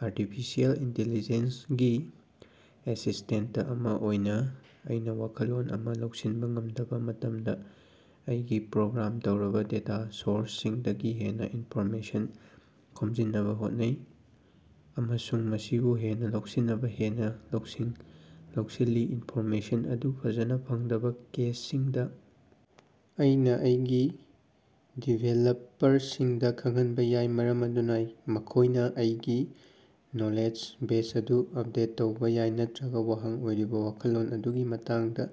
Artificial intelligence ꯒꯤ assistant ꯑꯃ ꯑꯣꯏꯅ ꯑꯩꯅ ꯋꯥꯈꯜꯂꯣꯟ ꯑꯃ ꯂꯧꯁꯤꯟꯕ ꯉꯝꯗꯕ ꯃꯇꯝꯗ ꯑꯩꯒꯤ ꯄ꯭ꯔꯣꯒ꯭ꯔꯥꯝ ꯇꯧꯔꯕ ꯗꯦꯇꯥ ꯁꯣꯔꯁꯁꯤꯡꯗꯒꯤ ꯍꯦꯟꯅ ꯏꯟꯐꯣꯔꯃꯦꯁꯟ ꯈꯣꯝꯖꯤꯟꯅꯕ ꯍꯣꯠꯅꯩ ꯑꯃꯁꯨꯡ ꯃꯁꯤꯕꯨ ꯍꯦꯟꯅ ꯂꯧꯁꯤꯟꯅꯕ ꯍꯦꯟꯅ ꯂꯧꯁꯤꯡ ꯂꯧꯁꯤꯜꯂꯤ꯫ ꯏꯟꯐꯣꯔꯃꯦꯁꯟ ꯑꯗꯨ ꯐꯖꯅ ꯐꯪꯗꯕ ꯀꯦꯁꯁꯤꯡꯗ, ꯑꯩꯅ ꯑꯩꯒꯤ ꯗꯤꯚꯦꯂꯞꯄꯔꯁꯤꯡꯗ ꯈꯪꯍꯟꯕ ꯌꯥꯏ ꯃꯔꯝ ꯑꯗꯨꯅ ꯃꯈꯣꯏꯅ ꯑꯩꯒꯤ ꯅꯣꯂꯦꯖ ꯕꯦꯖ ꯑꯗꯨ ꯑꯞꯗꯦꯠ ꯇꯧꯕ ꯌꯥꯏ ꯅꯠꯇꯔꯒ ꯋꯥꯍꯪ ꯑꯣꯏꯔꯤꯕ ꯋꯥꯈꯜꯂꯣꯟ ꯑꯗꯨꯒꯤ ꯃꯇꯥꯡꯗ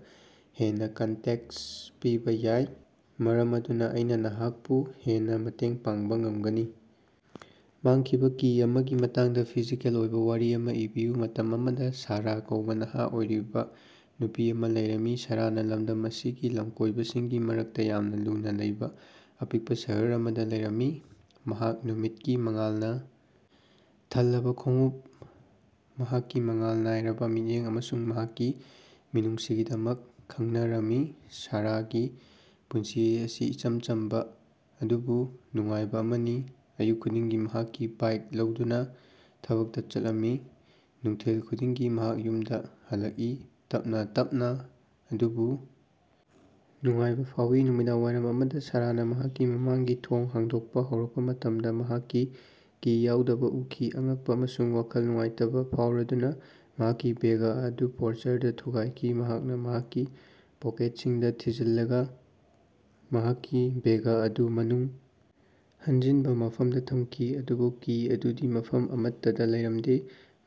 ꯍꯦꯟꯅ ꯀꯟꯇꯦꯛꯁ ꯄꯤꯕ ꯌꯥꯏ ꯃꯔꯝ ꯑꯗꯨꯅ ꯑꯩꯅ ꯅꯍꯥꯛꯄꯨ ꯍꯦꯟꯅ ꯃꯇꯦꯡ ꯄꯥꯡꯕ ꯉꯝꯒꯅꯤ꯫ ꯃꯥꯡꯈꯤꯕ ꯀꯤ ꯑꯃꯒꯤ ꯃꯇꯥꯡꯗ ꯐꯤꯖꯤꯀꯦꯜ ꯑꯣꯏꯕ ꯋꯥꯔꯤ ꯑꯃ ꯏꯕꯤꯌꯨ꯫ ꯃꯇꯝ ꯑꯃꯗ ꯁꯥꯔꯥ ꯀꯧꯕ ꯅꯍꯥ ꯑꯣꯏꯔꯤꯕ ꯅꯨꯄꯤ ꯑꯃ ꯂꯩꯔꯝꯃꯤ꯫ ꯁꯥꯔꯥꯅ ꯂꯝꯗꯝ ꯑꯁꯤꯒꯤ ꯂꯝꯀꯣꯏꯕꯁꯤꯡꯒꯤ ꯃꯔꯛꯇ ꯌꯥꯝꯅ ꯂꯨꯅꯥ ꯂꯩꯕ ꯑꯄꯤꯛꯄ ꯁꯍꯔ ꯑꯃꯗ ꯂꯩꯔꯝꯃꯤ꯫ ꯃꯍꯥꯛ ꯅꯨꯃꯤꯠꯀꯤ ꯃꯉꯥꯜꯅ ꯊꯜꯂꯕ ꯈꯣꯡꯎꯞ, ꯃꯍꯥꯛꯀꯤ ꯃꯉꯥꯜ ꯅꯥꯏꯔꯕꯥ ꯃꯤꯠꯌꯦꯡ ꯑꯃꯁꯨꯡ ꯃꯍꯥꯛꯀꯤ ꯃꯤꯅꯨꯡꯁꯤꯒꯤꯗꯃꯛ ꯈꯪꯅꯔꯝꯃꯤ꯫ ꯁꯥꯔꯥꯒꯤ ꯄꯨꯟꯁꯤ ꯑꯁꯤ ꯏꯆꯝ ꯆꯝꯕ ꯑꯗꯨꯕꯨ ꯅꯨꯡꯉꯥꯏꯕ ꯑꯃꯅꯤ꯫ ꯑꯌꯨꯛ ꯈꯨꯗꯤꯡꯒꯤ ꯃꯍꯥꯛꯀꯤ ꯕꯥꯏ꯭ꯛ ꯂꯧꯗꯨꯅ ꯊꯕꯛꯇ ꯆꯠꯂꯝꯃꯤ꯫ ꯅꯨꯡꯊꯤꯜ ꯈꯨꯗꯤꯡꯒꯤ ꯃꯍꯥꯛ ꯌꯨꯝꯗ ꯍꯜꯂꯛꯏ, ꯇꯞꯅꯥ ꯇꯞꯅꯥ ꯑꯗꯨꯕꯨ ꯅꯨꯡꯉꯥꯏꯕ ꯐꯥꯎꯏ꯫ ꯅꯨꯃꯤꯗꯥꯡꯋꯥꯏꯔꯝ ꯑꯃꯗ ꯁꯥꯔꯥꯅ ꯃꯍꯥꯛꯀꯤ ꯃꯃꯥꯡꯒꯤ ꯊꯣꯡ ꯍꯥꯡꯗꯣꯛꯄ ꯍꯧꯔꯛꯄ ꯃꯇꯝꯗ ꯃꯍꯥꯛꯀꯤ ꯀꯤ ꯌꯥꯎꯗꯕꯥ ꯎꯈꯤ꯫ ꯑꯉꯛꯄ ꯑꯃꯁꯨꯡ ꯋꯥꯈꯜ ꯅꯨꯡꯉꯥꯏꯇꯕꯥ ꯐꯥꯎꯔꯗꯨꯅ ꯃꯍꯥꯛꯀꯤ ꯕꯦꯒ ꯑꯗꯨ ꯄꯣꯔꯆꯔꯗꯥ ꯊꯨꯒꯥꯏꯈꯤ꯫ ꯃꯍꯥꯛꯅ ꯃꯍꯥꯛꯀꯤ ꯄꯣꯀꯦꯠꯁꯤꯡꯗ ꯊꯤꯖꯤꯜꯂꯒꯥ ꯃꯍꯥꯛꯀꯤ ꯕꯦꯒ ꯑꯗꯨ ꯃꯅꯨꯡ ꯍꯟꯖꯤꯟꯕ ꯃꯐꯝꯗ ꯊꯝꯈꯤ ꯑꯗꯨꯕꯨ ꯀꯤ ꯑꯗꯨꯗꯤ ꯃꯐꯝ ꯑꯃꯠꯇꯗ ꯂꯩꯔꯝꯗꯦ꯫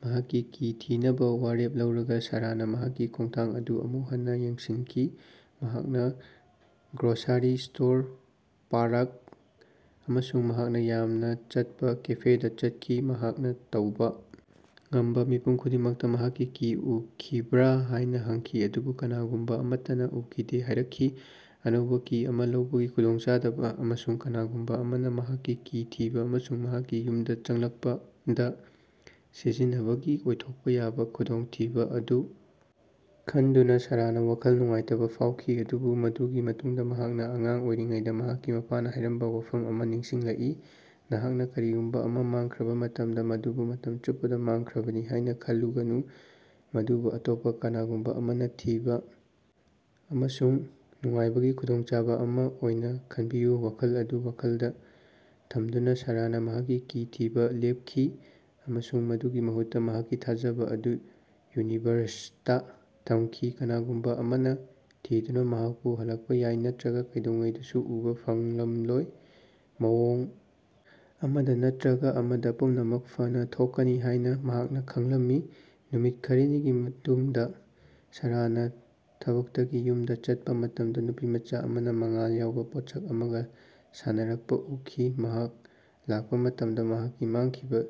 ꯃꯍꯥꯛꯀꯤ ꯀꯤ ꯊꯤꯅꯕꯥ ꯋꯥꯔꯦꯞ ꯂꯧꯔꯒ ꯁꯥꯔꯥꯅ ꯃꯍꯥꯛꯀꯤ ꯈꯣꯡꯊꯥꯡ ꯑꯗꯨ ꯑꯃꯨꯛ ꯍꯟꯅ ꯌꯦꯡꯁꯤꯟꯈꯤ꯫ ꯃꯍꯥꯛꯅ ꯒ꯭ꯔꯣꯁꯥꯔꯤ ꯁ꯭ꯇꯣꯔ, ꯄꯥꯔꯛ ꯑꯃꯁꯨꯡ ꯃꯍꯥꯛꯅ ꯌꯥꯝꯅ ꯆꯠꯄ ꯀꯦꯐꯦꯗꯥ ꯆꯠꯈꯤ꯫ ꯃꯍꯥꯛꯅ ꯇꯧꯕ ꯉꯝꯕ ꯃꯤꯄꯨꯝ ꯈꯨꯗꯤꯡꯃꯛꯇ ꯃꯍꯥꯛꯀꯤ ꯀꯤ ꯎꯈꯤꯕ꯭ꯔꯥ ꯍꯥꯏꯅ ꯍꯪꯈꯤ ꯑꯗꯨꯕꯨ ꯀꯅꯥꯒꯨꯝꯕ ꯑꯃꯠꯇꯅꯥ ꯎꯈꯤꯗꯦ ꯍꯥꯏꯔꯛꯈꯤ꯫ ꯑꯅꯧꯕ ꯀꯤ ꯑꯃ ꯂꯧꯕꯒꯤ ꯈꯨꯗꯣꯡꯆꯥꯗꯕ ꯑꯃꯁꯨꯡ ꯀꯅꯥꯒꯨꯝꯕ ꯑꯃꯅ ꯃꯍꯥꯛꯀꯤ ꯀꯤ ꯊꯤꯕ ꯑꯃꯁꯨꯡ ꯃꯍꯥꯛꯀꯤ ꯌꯨꯝꯗ ꯆꯪꯂꯛꯄꯗ ꯁꯤꯖꯤꯟꯅꯕꯒꯤ ꯑꯣꯏꯊꯣꯛꯄ ꯌꯥꯕ ꯈꯨꯗꯣꯡꯊꯤꯕ ꯑꯗꯨ ꯈꯟꯗꯨꯅ ꯁꯥꯔꯥꯅ ꯋꯥꯈꯜ ꯅꯨꯡꯉꯥꯏꯇꯕꯥ ꯐꯥꯎꯈꯤ꯫ ꯑꯗꯨꯕꯨ ꯃꯗꯨꯒꯤ ꯃꯇꯨꯡꯗ, ꯃꯍꯥꯛꯅ ꯑꯉꯥꯡ ꯑꯣꯏꯔꯤꯉꯩꯗ ꯃꯍꯥꯛꯀꯤ ꯃꯄꯥꯅ ꯍꯥꯏꯔꯝꯕ ꯋꯥꯐꯝ ꯑꯃ ꯅꯤꯡꯁꯤꯡꯂꯛꯏ, ꯅꯍꯥꯛꯅꯥ ꯀꯔꯤꯒꯨꯝꯕ ꯑꯃ ꯃꯥꯡꯈ꯭ꯔꯕ ꯃꯇꯝꯗ, ꯃꯗꯨꯕꯨ ꯃꯇꯝ ꯆꯨꯞꯄꯗ ꯃꯥꯡꯈ꯭ꯔꯕꯅꯤ ꯍꯥꯏꯅ ꯈꯜꯂꯨꯒꯅꯨ, ꯃꯗꯨꯕꯨ ꯑꯇꯣꯞꯄ ꯀꯅꯥꯒꯨꯝꯕ ꯑꯃꯅ ꯊꯤꯕ ꯑꯃꯁꯨꯡ ꯅꯨꯡꯉꯥꯏꯕꯒꯤ ꯈꯨꯗꯣꯡꯆꯥꯕ ꯑꯃ ꯑꯣꯏꯅ ꯈꯟꯕꯤꯌꯨ꯫ꯋꯥꯈꯜ ꯑꯗꯨ ꯋꯥꯈꯜꯗ ꯊꯝꯗꯨꯅ ꯁꯥꯔꯥꯅ ꯃꯍꯥꯛꯀꯤ ꯀꯤ ꯊꯤꯕ ꯂꯦꯞꯈꯤ ꯑꯃꯁꯨꯡ ꯃꯗꯨꯒꯤ ꯃꯍꯨꯠꯇ ꯃꯍꯥꯛꯀꯤ ꯊꯥꯖꯕ ꯑꯗꯨ ꯌꯨꯅꯤꯚꯔꯁꯇꯥ ꯊꯝꯈꯤ꯫ ꯀꯅꯥꯒꯨꯝꯕ ꯑꯃꯅ ꯊꯤꯗꯨꯅ ꯃꯍꯥꯛꯄꯨ ꯍꯜꯂꯛꯄꯥ ꯌꯥꯏ, ꯅꯠꯇꯔꯒ ꯀꯩꯗꯧꯉꯩꯗꯁꯨ ꯎꯕꯥ ꯐꯪꯂꯝꯂꯣꯏ꯫ ꯃꯑꯣꯡ ꯑꯃꯗ‌ ꯅꯠꯇꯔꯒ ꯑꯃꯗ, ꯄꯨꯝꯅꯃꯛ ꯐꯅꯥ ꯊꯣꯛꯀꯅꯤ ꯍꯥꯏꯕ ꯃꯍꯥꯛꯅ ꯈꯪꯂꯝꯃꯤ꯫ ꯅꯨꯃꯤꯠ ꯈꯔꯅꯤꯒꯤ ꯃꯇꯨꯡꯗ ꯁꯥꯔꯥꯅ ꯊꯕꯛꯇꯒꯤ ꯌꯨꯝꯗ ꯆꯠꯄꯥ ꯃꯇꯝꯗ ꯅꯨꯄꯤꯃꯆꯥ ꯑꯃꯅ ꯃꯉꯥꯜ ꯌꯥꯎꯕ ꯄꯣꯠꯁꯛ ꯑꯃꯒ ꯁꯥꯟꯅꯔꯛꯄ ꯎꯈꯤ꯫ ꯃꯍꯥꯛ ꯂꯥꯛꯄ ꯃꯇꯝꯗ ꯃꯍꯥꯛꯀꯤ ꯃꯥꯡꯈꯤꯕ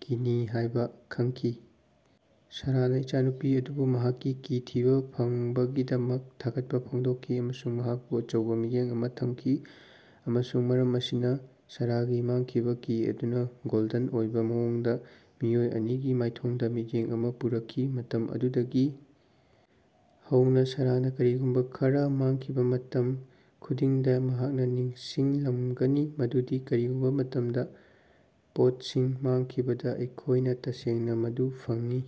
ꯀꯤꯅꯤ ꯍꯥꯏꯕ ꯈꯪꯈꯤ꯫ ꯁꯥꯔꯥꯅ ꯏꯆꯥꯅꯨꯄꯤ ꯑꯗꯨꯕꯨ ꯃꯍꯥꯛꯀꯤ ꯀꯤ ꯊꯤꯕ ꯐꯪꯕꯒꯤꯗꯃꯛ ꯊꯥꯒꯠꯄꯥ ꯐꯣꯡꯗꯣꯛꯈꯤ ꯑꯃꯁꯨꯡ ꯃꯍꯥꯛꯄꯨ ꯑꯆꯧꯕ ꯃꯤꯠꯌꯦꯡ ꯑꯃ ꯊꯝꯈꯤ꯫ ꯑꯃꯁꯨꯡ ꯃꯔꯝ ꯑꯁꯤꯅ, ꯁꯥꯔꯥꯒꯤ ꯃꯥꯡꯈꯤꯕ ꯀꯤ ꯑꯗꯨꯅ, ꯒꯣꯜꯗꯟ ꯑꯣꯏꯕ ꯃꯑꯣꯡꯗ, ꯃꯤꯑꯣꯏ ꯑꯅꯤꯒꯤ ꯃꯥꯏꯊꯣꯡꯗ ꯃꯤꯠꯌꯦꯡ ꯑꯃ ꯄꯨꯔꯛꯈꯤ꯫ ꯃꯇꯝ ꯑꯗꯨꯗꯒꯤ ꯍꯧꯅ ꯁꯥꯔꯥꯅ ꯀꯔꯤꯒꯨꯝꯕ ꯈꯔꯥ ꯃꯥꯡꯈꯤꯕ ꯃꯇꯝ ꯈꯨꯗꯤꯡꯗ ꯃꯍꯥꯛꯅ ꯅꯤꯡꯁꯤꯡꯂꯝꯒꯅꯤ ꯃꯗꯨꯗꯤ ꯀꯔꯤꯒꯨꯝꯕ ꯃꯇꯝꯗ, ꯄꯣꯠꯁꯤꯡ ꯃꯥꯡꯈꯤꯕꯗ, ꯑꯩꯈꯣꯏꯅ ꯇꯁꯦꯡꯅ ꯃꯗꯨ ꯐꯪꯏ꯫